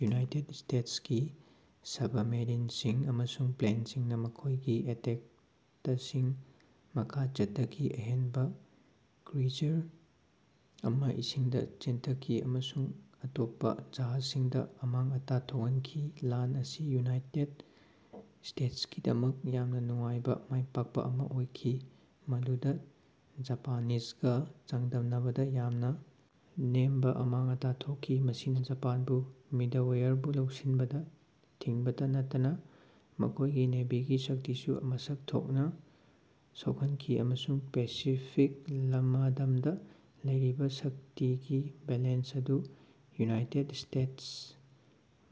United ꯁ꯭ꯇꯦꯇꯁꯀꯤ ꯁꯕꯃꯦꯔꯤꯟꯁꯤꯡ ꯑꯃꯁꯨꯡ ꯄ꯭ꯂꯦꯟꯁꯤꯡꯅ ꯃꯈꯣꯏꯒꯤ ꯑꯦꯇꯦꯛꯇꯁꯤꯡ ꯃꯈꯥ ꯆꯠꯊꯈꯤ, ꯑꯍꯦꯟꯕ ꯀ꯭ꯔꯨꯏꯖꯔ ꯑꯃ ꯏꯁꯤꯡꯗ ꯆꯦꯟꯊꯈꯤ ꯑꯃꯁꯨꯡ ꯑꯇꯣꯞꯄ ꯖꯍꯥꯖꯁꯤꯡꯗ ꯑꯃꯥꯡ ꯑꯇꯥ ꯊꯣꯛꯍꯟꯈꯤ꯫ ꯂꯥꯟ ꯑꯁꯤ ꯌꯨꯅꯥꯏꯇꯦꯗ ꯁ꯭ꯇꯦꯇꯁꯀꯤꯗꯃꯛ ꯌꯥꯝꯅ ꯅꯨꯡꯉꯥꯏꯕ ꯃꯥꯏꯄꯥꯛꯄ ꯑꯃ ꯑꯣꯏꯈꯤ, ꯃꯗꯨꯗ ꯖꯄꯥꯅꯤꯖꯒ ꯆꯥꯡꯗꯝꯅꯕꯗ ꯌꯥꯝꯅ ꯅꯦꯝꯕ ꯑꯃꯥꯡ ꯑꯇꯥ ꯊꯣꯛꯈꯤ꯫ ꯃꯁꯤꯅ ꯖꯄꯥꯟꯕꯨ ꯃꯤꯗꯋꯦꯌꯔꯕꯨ ꯂꯧꯁꯤꯟꯕꯗ ꯊꯤꯡꯕꯇ ꯅꯠꯇꯅ ꯃꯈꯣꯏꯒꯤ ꯅꯦꯚꯤꯒꯤ ꯁꯛꯇꯤꯁꯨ ꯃꯁꯛ ꯊꯣꯛꯅ ꯁꯣꯛꯍꯟꯈꯤ ꯑꯃꯁꯨꯡ ꯄꯦꯁꯤꯐꯤꯛ ꯂꯃꯗꯝꯗ ꯂꯩꯔꯤꯕ ꯁꯛꯇꯤꯒꯤ ꯕꯦꯂꯦꯟꯁ ꯑꯗꯨ ꯌꯨꯅꯥꯏꯇꯦꯗ ꯁ꯭ꯇꯦꯇꯁ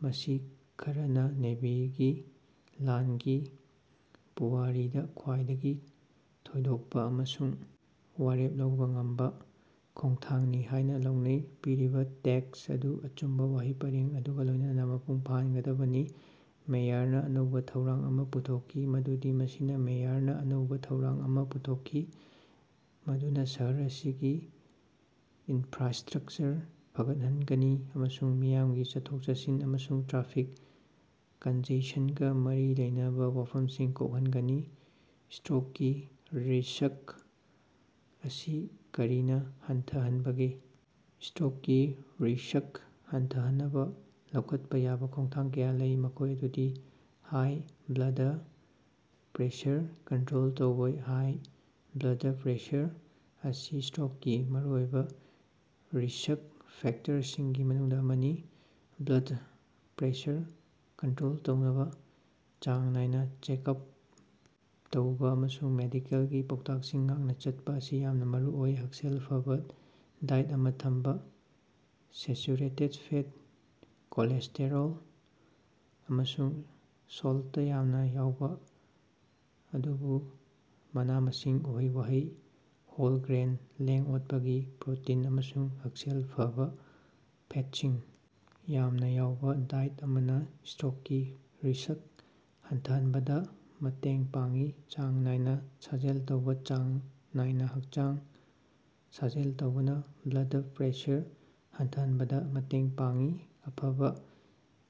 ꯃꯁꯤ ꯈꯔꯅꯥꯥ ꯅꯦꯚꯤꯒꯤ ꯂꯥꯟꯒꯤ ꯄꯨꯋꯥꯔꯤꯗ ꯈ꯭ꯋꯥꯏꯗꯒꯤ ꯊꯣꯏꯗꯣꯛꯄ ꯑꯃꯁꯨꯡ ꯋꯥꯔꯦꯞ ꯂꯧꯕ ꯉꯝꯕ ꯈꯣꯡꯊꯥꯡꯅꯤ ꯍꯥꯏꯅ ꯂꯧꯅꯩ꯫ ꯄꯤꯔꯤꯕ ꯇꯦꯛꯁ ꯑꯗꯨ ꯑꯆꯨꯝꯕ ꯋꯥꯍꯩ ꯄꯔꯦꯡ ꯑꯗꯨꯒ ꯂꯣꯏꯅꯅ ꯃꯄꯨꯡ ꯐꯥꯍꯟꯒꯗꯕꯅꯤ꯫ ꯃꯦꯌꯔꯅꯥ ꯑꯅꯧꯕ ꯊꯧꯔꯥꯡ ꯑꯃ ꯄꯨꯊꯣꯛꯈꯤ ꯃꯗꯨꯗꯤ ꯃꯁꯤꯅ ꯃꯦꯌꯔꯅꯥ ꯑꯅꯧꯕ ꯊꯧꯔꯥꯡ ꯑꯃ ꯄꯨꯊꯣꯛꯈꯤ ꯃꯗꯨꯅ ꯁꯍꯔ ꯑꯁꯤꯒꯤ ꯏꯟꯐ꯭ꯔꯥꯁ꯭ꯇꯔꯛꯆꯔ ꯐꯒꯠꯍꯟꯒꯅꯤ ꯑꯃꯁꯨꯡ ꯃꯤꯌꯥꯝꯒꯤ ꯆꯠꯊꯣꯛ-ꯆꯠꯁꯤꯟ ꯑꯃꯁꯨꯡ ꯇ꯭ꯔꯥꯐꯤꯛ ꯀꯟꯖꯦꯁꯟꯒ ꯃꯔꯤ ꯂꯩꯅꯕ ꯋꯥꯐꯝꯁꯤꯡ ꯀꯣꯛꯍꯟꯒꯅꯤ꯫ ꯁ꯭ꯇꯔꯣꯛꯀꯤ ꯔꯤꯁ꯭ꯛ ꯑꯁꯤ ꯀꯔꯤꯅ ꯍꯟꯊꯍꯟꯕꯒꯦ? ꯁ꯭ꯇꯔꯣꯛꯀꯤ ꯔꯤꯁ꯭ꯛ ꯍꯟꯊꯍꯟꯅꯕ ꯂꯧꯈꯠꯄ ꯌꯥꯕ ꯈꯣꯡꯊꯥꯡ ꯀꯌꯥ ꯂꯩ, ꯃꯈꯣꯏ ꯑꯗꯨꯗꯤ - ꯍꯥꯏ ꯕ꯭꯭ꯂꯗ ꯄ꯭ꯔꯦꯁꯔ ꯀꯟꯇꯔꯣꯜ ꯇꯧꯕꯥ‌ ,ꯍꯥꯏ ꯕ꯭꯭ꯂꯗ ꯄ꯭ꯔꯦꯁꯔ ꯑꯁꯤ ꯁ꯭ꯇꯔꯣꯛꯀꯤ ꯃꯔꯨꯑꯣꯏꯕ ꯔꯤꯁ꯭ꯛ ꯐꯦꯛꯇꯔꯁꯤꯡꯒꯤ ꯃꯅꯨꯡꯗ ꯑꯃꯅꯤ꯫ ꯕ꯭ꯂꯗ ꯄ꯭ꯔꯦꯁꯔ ꯀꯟꯇꯔꯣꯜ ꯇꯧꯅꯕ‌ ꯆꯥꯡ ꯅꯥꯏꯅ ꯆꯦꯛ-ꯑꯞ ꯇꯧꯕ ꯑꯃꯁꯨꯡ ꯃꯦꯗꯤꯀꯦꯜꯒꯤ ꯄꯥꯎꯇꯥꯛꯁꯤꯡ ꯉꯥꯛꯅ ꯆꯠꯄ ꯑꯁꯤ ꯌꯥꯝꯅ ꯃꯔꯨꯑꯣꯏ꯫ ꯍꯛꯁꯦꯜ ꯐꯕ ꯗꯥꯏꯠ ꯑꯃ ꯊꯝꯕ - ꯁꯦꯆꯨꯔꯦꯇꯦꯗ ꯐꯦꯠ, ꯀꯣꯂꯦꯁ꯭ꯇꯦꯔꯣꯜ ꯑꯃꯁꯨꯡ ꯁꯣꯜꯇ ꯌꯥꯝꯅ ꯌꯥꯎꯕ, ꯑꯗꯨꯕꯨ ꯃꯅꯥ-ꯃꯁꯤꯡ, ꯎꯍꯩ-ꯋꯥꯍꯩ, ꯍꯣꯜ ꯒ꯭ꯔꯦꯟ, ꯂꯦꯡ-ꯑꯣꯠꯄꯒꯤ ꯄ꯭ꯔꯣꯇꯤꯟ ꯑꯃꯁꯨꯡ ꯍꯛꯁꯦꯜ ꯐꯕꯥ ꯐꯦꯠꯁꯤꯡ ꯌꯥꯝꯅ ꯌꯥꯎꯕ ꯗꯥꯏꯠ ꯑꯃꯅ ꯁ꯭ꯇꯔꯣꯛꯀꯤ ꯔꯤꯁ꯭ꯛ ꯍꯟꯊꯍꯟꯕꯗꯥ ꯃꯇꯦꯡ ꯄꯥꯡꯏ꯫ ꯆꯥꯡ ꯅꯥꯏꯅ ꯁꯥꯖꯦꯜ ꯇꯧꯕ - ꯆꯥꯡ ꯅꯥꯏꯅ ꯍꯛꯆꯥꯡ ꯁꯥꯖꯦꯜ ꯇꯧꯕꯅ ꯕ꯭ꯂꯗ ꯄ꯭ꯔꯦꯁꯔ ꯍꯟꯊꯍꯟꯕꯗ ꯃꯇꯦꯡ ꯄꯥꯡꯏ, ꯑꯐꯕ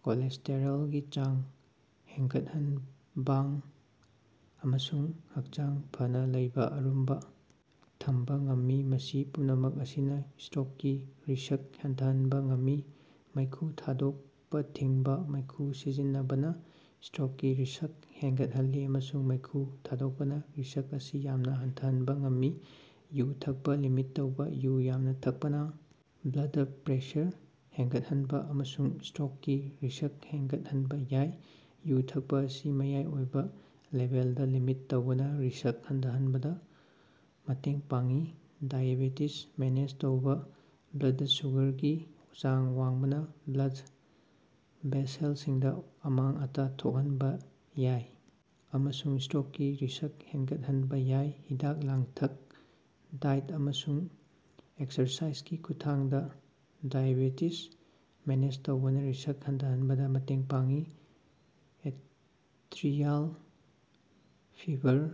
ꯀꯣꯂꯦꯁ꯭ꯇꯦꯔꯣꯜꯒꯤ ꯆꯥꯡ ꯍꯦꯟꯒꯠꯍꯟꯕꯥꯡ ꯑꯃꯁꯨꯡ ꯍꯛꯆꯥꯡ ꯐꯅꯥ ꯂꯩꯕ ꯑꯔꯨꯝꯕ ꯊꯝꯕ ꯉꯝꯃꯤ, ꯃꯁꯤ ꯄꯨꯝꯅꯃꯛ ꯑꯁꯤꯅ ꯁ꯭ꯇꯔꯣꯛꯀꯤ ꯔꯤꯁ꯭ꯛ ꯍꯟꯊꯍꯟꯕ ꯉꯝꯃꯤ꯫ ꯃꯩꯈꯨ ꯊꯥꯗꯣꯛꯄꯥꯊꯤꯡꯕ - ꯃꯩꯈꯨ ꯁꯤꯖꯤꯟꯅꯕꯅ ꯁ꯭ꯇꯔꯣꯛꯀꯤ ꯔꯤꯁ꯭ꯛ ꯍꯦꯟꯒꯠꯍꯜꯂꯤ, ꯑꯃꯁꯨꯡ ꯃꯩꯈꯨ ꯊꯥꯗꯣꯛꯄꯅ ꯔꯤꯁ꯭ꯛ ꯑꯁꯤ ꯌꯥꯝꯅ ꯍꯟꯊꯍꯟꯕ ꯉꯝꯃꯤ꯫ ꯌꯨ ꯊꯛꯄ ꯂꯤꯃꯤꯠ ꯇꯧꯕ - ꯌꯨ ꯌꯥꯝꯅ ꯊꯛꯄꯅ ꯕ꯭ꯂꯗ ꯄ꯭ꯔꯦꯁꯔ ꯍꯦꯟꯒꯠꯍꯟꯕ ꯑꯃꯁꯨꯡ ꯁ꯭ꯇꯔꯣꯛꯀꯤ ꯔꯤꯁ꯭ꯛ ꯍꯦꯟꯒꯠꯍꯟꯕ ꯌꯥꯏ꯫ ꯌꯨ ꯊꯛꯄ ꯑꯁꯤ ꯃꯌꯥꯏ ꯑꯣꯏꯕ ꯂꯦꯚꯦꯜꯗ ꯂꯤꯃꯤꯠ ꯇꯧꯕꯅ ꯔꯤꯁ꯭ꯛ ꯍꯟꯊꯍꯟꯕꯗ ꯃꯇꯦꯡ ꯄꯥꯡꯏ꯫ ꯗꯥꯏꯑꯦꯕꯦꯇꯤꯖ ꯃꯦꯅꯦꯖ ꯇꯧꯕ - ꯕ꯭ꯂꯗ ꯁꯨꯒꯔꯒꯤ ꯆꯥꯡ ꯋꯥꯡꯕꯅ ꯕ꯭ꯂꯗ ꯚꯦꯁꯦꯜꯁꯤꯡꯗ ꯑꯃꯥꯡ-ꯑꯇꯥ ꯊꯣꯛꯍꯟꯕ‌ ꯌꯥꯏ ꯑꯃꯁꯨꯡ ꯁ꯭ꯇꯔꯣꯛꯀꯤ ꯔꯤꯁ꯭ꯛ ꯍꯦꯟꯒꯠꯍꯟꯕ ꯌꯥꯏ꯫ ꯍꯤꯗꯥꯛ-ꯂꯥꯡꯊꯛ, ꯗꯥꯏꯠ ꯑꯃꯁꯨꯡ ꯑꯦꯛꯁꯔꯁꯥꯏꯖꯒꯤ ꯈꯨꯠꯊꯥꯡꯗ ꯗꯥꯏꯑꯦꯕꯦꯇꯤꯖ ꯃꯦꯅꯦꯖ ꯇꯧꯕꯅ ꯔꯤꯁ꯭ꯛ ꯍꯟꯊꯍꯟꯕꯗ ꯃꯇꯦꯡ ꯄꯥꯡꯏ꯫ ꯑꯦꯇꯔꯤꯌꯥꯜ ꯐꯤꯕꯔ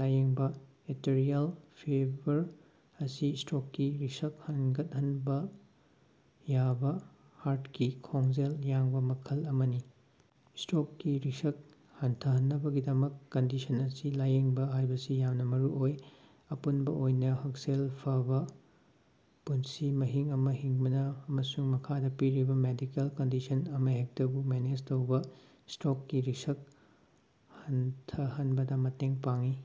ꯂꯥꯌꯦꯡꯕ - ꯑꯦꯇꯔꯤꯌꯥꯜ ꯐꯤꯕꯔ ꯑꯁꯤ ꯁ꯭ꯇꯔꯣꯛꯀꯤ ꯔꯤꯁ꯭ꯛ ꯍꯦꯟꯒꯠꯍꯟꯕ ꯌꯥꯕ ꯍꯥꯔꯠꯀꯤ ꯈꯣꯡꯖꯦꯜ ꯌꯥꯡꯕ ꯃꯈꯜ ꯑꯃꯅꯤ꯫ ꯁ꯭ꯇꯔꯣꯛꯀꯤ ꯔꯤꯁ꯭ꯛ ꯍꯟꯊꯍꯟꯅꯕꯒꯤꯗꯃꯛ ꯀꯟꯗꯤꯁꯟ ꯑꯁꯤ ꯂꯥꯏꯌꯦꯡꯕ ꯍꯥꯏꯕꯁꯤ ꯌꯥꯝꯅ‌ ꯃꯔꯨꯑꯣꯏ꯫ ꯑꯄꯨꯟꯕ ꯑꯣꯏꯅ, ꯍꯛꯁꯦꯜ ꯐꯕꯥ ꯄꯨꯟꯁꯤ ꯃꯍꯤꯡ ꯑꯃ ꯍꯤꯡꯕꯅ ꯑꯃꯁꯨꯡ ꯃꯈꯥꯗ ꯄꯤꯔꯤꯕ ꯃꯦꯗꯤꯀꯦꯜ ꯀꯟꯗꯤꯁꯟ ꯑꯃꯍꯦꯛꯇꯕꯨ ꯃꯦꯅꯦꯖ ꯇꯧꯕꯅ ꯁ꯭ꯇꯔꯣꯛꯀꯤ ꯔꯤꯁ꯭ꯛ ꯍꯟꯊꯍꯟꯕꯗ‌ ꯃꯇꯦꯡ ꯄꯥꯡꯏ꯫